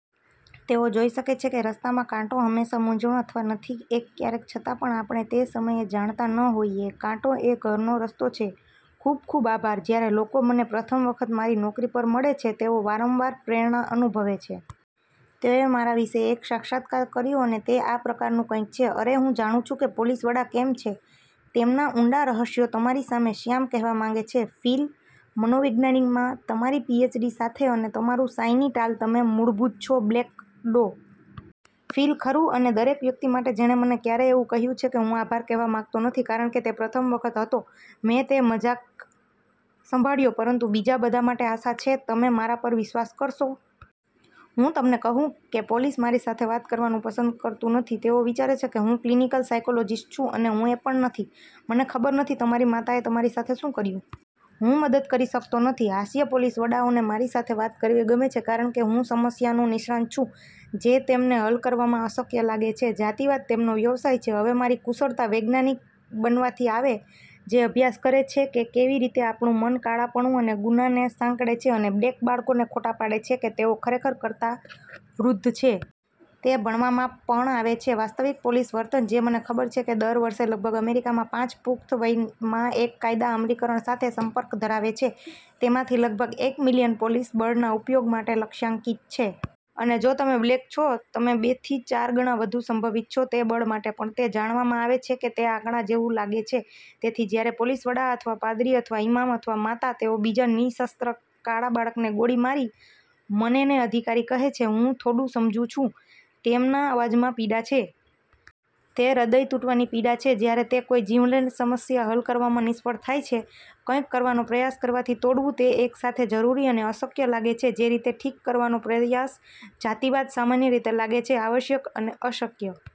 તેઓ જોઈ શકે છે કે રસ્તામાં કાંટો હંમેશા મૂંઝવણ અથવા નથી એક ક્યારેક છતાં પણ આપણે તે સમયે જાણતા ન હોઈએ. કાંટો એ ઘરનો રસ્તો છે. ખુબ ખુબ આભાર! જ્યારે લોકો મને પ્રથમ વખત મારી નોકરી પર મળે છે, તેઓ વારંવાર પ્રેરણા અનુભવે છે. તેઓએ મારા વિશે એક સાક્ષાત્કાર કર્યો અને તે આ પ્રકારનું કંઈક છે, "અરે, હું જાણું છું કે પોલીસ વડા કેમ છે તેમના ઊંડા રહસ્યો તમારી સાથે શ્યામ કહેવા માંગે છે. ફિલ મનોવિજ્ઞાનમાં તમારી પીએચડી સાથે અને તમારું શાઇની ટાલ તમે મૂળભૂત છો બ્લેક ડો. ફિલ, ખરું?" અને દરેક વ્યક્તિ માટે જેણે મને ક્યારેય એવું કહ્યું છે હું આભાર કહેવા માંગતો નથી કારણ કે તે પ્રથમ વખત હતો મેં તે મજાક સંભાળ્યો. પરંતુ બીજા બધા માટે આશા છે તમે મારા પર વિશ્વાસ કરશો. હું તમને કહું કે પોલીસ મારી સાથે વાત કરવાનું પસંદ કરતું નથી. તેઓ વિચારે છે હું ક્લિનિકલ સાઇકોલોજિસ્ટ છું અને હું એ પણ નથી. મને ખબર નથી તમારી માતાએ તમારી સાથે શું કર્યું. હું મદદ કરી શકતો નથી. હાસ્ય પોલીસ વડાઓને મારી સાથે વાત કરવી ગમે છે કારણ કે હું સમસ્યાનો નિષ્ણાત છું જે તેમને હલ કરવામાં અશક્ય લાગે છે. જાતિવાદ તેમનો વ્યવસાય છે. હવે મારી કુશળતા વૈજ્ઞાનીક બનવાથી આવે જે અભ્યાસ કરે છે કે કેવી રીતે આપણું મન કાળાપણું અને ગુનાને સાંકળે છે અને બ્લેક બાળકોને ખોટા પાડે છે કે તેઓ ખરેખર કરતાં વૃદ્ધ છે. તે ભણવામાં પણ આવે છે વાસ્તવિક પોલીસ વર્તન જે મને ખબર છે કે દર વર્ષે લગભગ અમેરિકામાં પાંચ પુખ્ત વયમાં એક કાયદા અમલીકરણ સાથે સંપર્ક ધરાવે છે. તેમાંથી લગભગ એક મિલિયન પોલીસ બળના ઉપયોગ માટે લક્ષ્યાંકિત છે. અને જો તમે બ્લેક છો, તમે બેથી ચાર ગણા વધુ સંભવિત છો તે બળ માટે. પણ તે જાણવામાં આવે છે કે તે આંકડા જેવું લાગે છે. તેથી જ્યારે પોલીસ વડા અથવા પાદરી અથવા ઇમામ અથવા માતા તેઓ બીજા નિશસ્ત્ર કાળા બાળકને ગોળી મારી મનેને અધિકારી કહે છે, હું થોડું સમજું છું તેમના અવાજમાં પીડા છે. તે હૃદય તૂટવાની પીડા છે જ્યારે તે કોઈ જીવલેણ સમસ્યા હલ કરવામાં નિષ્ફળ થાય છે. કંઇક કરવાનો પ્રયાસ કરવાથી તોડવું તે એક સાથે જરૂરી અને અશક્ય લાગે છે. જે રીતે ઠીક કરવાનો પ્રયાસ જાતિવાદ સામાન્ય રીતે લાગે છે આવશ્યક અને અશક્ય.